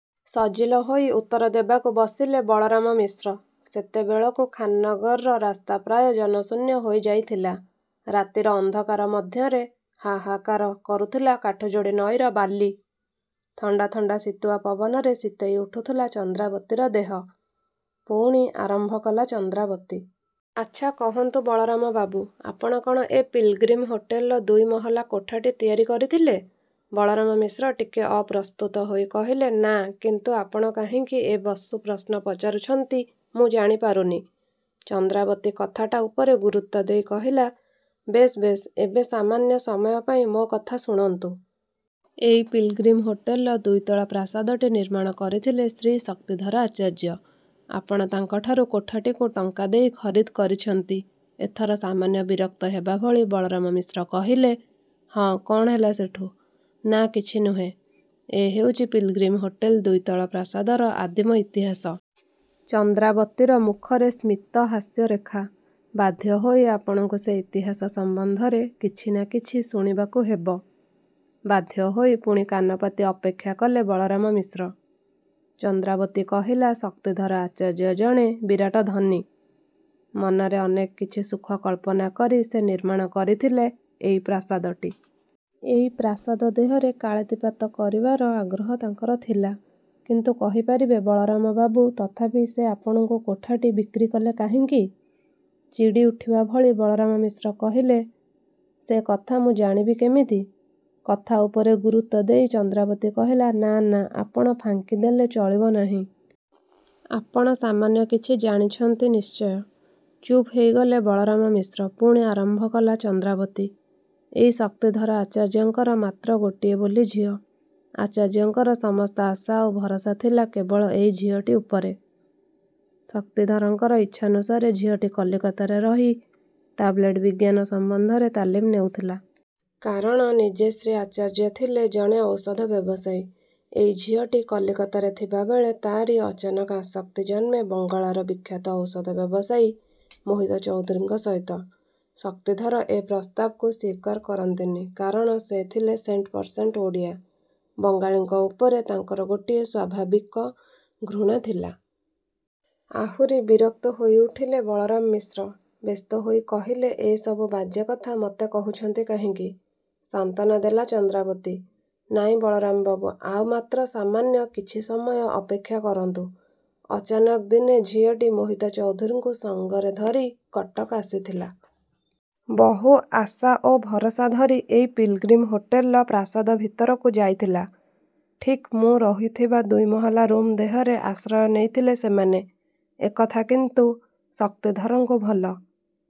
ସଜିଲ ହୋଇ ଉତ୍ତର ଦେବାକୁ ବସିଲେ ବଳରାମ ମିଶ୍ର ସେତେବେଳକୁ ଖାନ୍ନଗରର ରାସ୍ତା ପ୍ରାୟ ଜନଶୂନ୍ୟ ହୋଇ ଯାଇଥିଲା ରାତିର ଅନ୍ଧକାର ମଧ୍ୟରେ ହାହାକାର କରୁଥିଲା କାଠଯୋଡ଼ି ନଈର ବାଲି। ଥଣ୍ତା ଥଣ୍ତା ଶୀତୁଆ ପବନରେ ଶୀତେଇ ଉଠୁଥିଲା ଚନ୍ଦ୍ରାବତୀର ଦେହ ପୁଣି। ଆରମ୍ଭ କଲା ଚନ୍ଦ୍ରାବତୀ ''ଆଚ୍ଛା କହନ୍ତୁ ବଳରାମ ବାବୁ! ଆପଣ କ'ଣ ଏ ପିଲ୍ଗ୍ରିମ ହୋଟେଲର ଦୁଇ ମହଲା କୋଠାଟି ତିଆରି କରିଥିଲେ? '' ବଳରାମ ମିଶ୍ର ଟିକେ ଅପ୍ରସ୍ତୁତ ହୋଇ କହିଲେ-''ନାଁ କିନ୍ତୁ ଆପଣ କାହିଁକି ଏ ବସୁ ପ୍ରଶ୍ନ ପଚାରୁଛନ୍ତି ମୁଁ ଜାଣି ପାରୁନି। '' ଚନ୍ଦ୍ରାବତୀ କଥାଟା ଉପରେ ଗୁରୁତ୍ୱ ଦେଇ କହିଲା -''ବେଶ୍ ବେଶ୍ ଏବେ ସାମାନ୍ୟ ସମୟ ପାଇଁ ମୋ କଥା ଶୁଣନ୍ତୁ। ଏଇ ପିଲ୍ଗ୍ରିମ୍ ହୋଟେଲର ଦ୍ୱିତଳ ପ୍ରାସାଦଟି ନିର୍ମାଣ କରିଥିଲେ ଶ୍ରୀ ଶକ୍ତିଧର ଆଚାର୍ଯ୍ୟ। ଆପଣ ତାଙ୍କଠାରୁ କୋଠାଟିକୁ ଟଙ୍କା ଦେଇ ଖରିଦ୍କରିଛନ୍ତି। '' ଏଥର ସାମାନ୍ୟ ବିରକ୍ତ ହେବା ଭଳି ବଳରାମ ମିଶ୍ର କହିଲେ-''ହଁ କ'ଣ ହେଲା ସେଠୁ? '' ''ନାଁ କିଛି ନୁହେ। ଏ ହେଉଛି ପିଲ୍ଗ୍ରିମ ହୋଟେଲ ଦ୍ୱିତଳ ପ୍ରାସାଦର ଆଦିମ ଇତିହାସ। '' ଚନ୍ଦ୍ରାବତୀର ମୁଖରେ ସ୍ମିତ ହାସ୍ୟରେଖା। ବାଧ୍ୟ ହୋଇ ଆପଣଙ୍କୁ ସେ ଇତିହାସ ସମ୍ୱନ୍ଧରେ କିଛି ନାଁ କିଛି ଶୁଣିବାକୁ ହେବ। ବାଧ୍ୟ ହୋଇ ପୁଣି କାନପାତି ଅପେକ୍ଷା କଲେ ବଳରାମ ମିଶ୍ର ଚନ୍ଦ୍ରାବତୀ କହିଲା-''ଶକ୍ତିଧର ଆଚାର୍ଯ୍ୟ ଜଣେ ବିରାଟ ଧନୀ। ମନରେ ଅନେକ କିଛି ସୁଖ କଳ୍ପନା କରି ସେ ନିର୍ମାଣ କରିଥିଲେ ଏଇ ପ୍ରାସାଦଟି। ଏଇ ପ୍ରାସାଦ ଦେହରେ କାଳାତୀପାତ କରିବାର ଆଗ୍ରହ ତାଙ୍କର ଥିଲା-। କିନ୍ତୁ କହି ପାରିବେ ବଳରାମ ବାବୁ ତଥାପି ସେ ଆପଣଙ୍କୁ କୋଠାଟି ବିକ୍ରୀ କଲେ କାହିଁକି? '' ଚିଡ଼ି ଉଠିବା ଭଳି ବଳରାମ ମିଶ୍ର କହିଲେ-''ସେ କଥା ମୁଁ ଜାଣିବି କେମିତି? '' କଥା ଉପରେ ଗୁରୁତ୍ୱ ଦେଇ ଚନ୍ଦ୍ରାବତୀ କହିଲା-''ନାଁ ନାଁ ଆପଣ ଫାଙ୍କି ଦେଲେ ଚଳିବ ନାହିଁ। ଆପଣ ସାମାନ୍ୟ କିଛି ଜାଣିଛନ୍ତି ନିଶ୍ଚୟ '' ଚୁପ୍ ହେଇଗଲେ ବଳରାମ ମିଶ୍ର ପୁଣି ଆରମ୍ଭ କଲା ଚନ୍ଦ୍ରାବତୀ-''ଏଇ ଶକ୍ତିଧର ଆଚାର୍ଯ୍ୟଙ୍କର ମାତ୍ର ଗୋଟିଏ ବୋଲି ଝିଅ। ଆଚାର୍ଯ୍ୟଙ୍କର ସମସ୍ତ ଆଶା ଆଉ ଭରସା ଥିଲା କେବଳ ଏଇ ଝିଅଟି ଉପରେ। ଶକ୍ତିଧରଙ୍କର ଇଚ୍ଛାନୁସାରେ ଝିଅଟି କଲିକତାରେ ରହି ଟାବ୍ଲେଟ୍ ବିଜ୍ଞାନ ସମ୍ୱନ୍ଧରେ ତାଲିମ୍ ନେଉଥିଲା। କାରଣ-ନିଜେ ଶ୍ରୀ ଆଚାର୍ଯ୍ୟ ଥିଲେ ଜଣେ ଔଷଧ ବ୍ୟବସାୟୀ। ଏଇ ଝିଅଟି କଲିକତାରେ ଥିବାବେଳେ ତା'ରି ଅଚାନକ ଆସକ୍ତି ଜନ୍ମେ ବଙ୍ଗଳାର ବିଖ୍ୟାତ ଔଷଧ ବ୍ୟବସାୟୀ ମୋହିତ ଚୌଧୁରୀଙ୍କ ସହିତ। ଶକ୍ତିଧର ଏ ପ୍ରସ୍ତାବକୁ ସ୍ୱୀକାର କରନ୍ତିନି କାରଣ ସେ ଥିଲେ ସେଣ୍ଟପରସେଣ୍ଟ ଓଡ଼ିଆ। ବଙ୍ଗାଳୀଙ୍କ ଉପରେ ତାଙ୍କର ଗୋଟିଏ ସ୍ୱଭାବିକ ଘୃଣା ଥିଲା। '' ଆହୁରି ବିରକ୍ତ ହୋଇ ଉଠିଲେ ବଳରାମ ମିଶ୍ର ବ୍ୟସ୍ତ ହୋଇ କହିଲେ ''ଏ ସବୁ ବାଜେ କଥା ମୋତେ କହୁଛନ୍ତି କାହିଁକି? '' ସାନ୍ତ୍ୱନା ଦେଲା ଚନ୍ଦ୍ରାବତୀ ''ନାଇଁ ବଳରାମ ବାବୁ ଆଉ ମାତ୍ର ସାମାନ୍ୟ କିଛି ସମୟ ଅପେକ୍ଷା କରନ୍ତୁ। '' ଅଚାନକ ଦିନେ ଝିଅଟି ମୋହିତ ଚୌଧୁରୀଙ୍କୁ ସଙ୍ଗରେ ଧରି କଟକ ଆସିଥିଲା। ବହୁ ଆଶା ଓ ଭରସା ଧରି ଏଇ ପିଲ୍ଗ୍ରିମ ହୋଟେଲର ପ୍ରାସାଦ ଭିତରକୁ ଯାଇଥିଲା। ଠିକ୍ ମୁଁ ରହିଥିବା ଦୁଇମହଲା ରୁମ୍ ଦେହରେ ଆଶ୍ରୟ ନେଇଥିଲେ ସେମାନେ। ଏକଥା କିନ୍ତୁ ଶକ୍ତିଧରଙ୍କୁ ଭଲ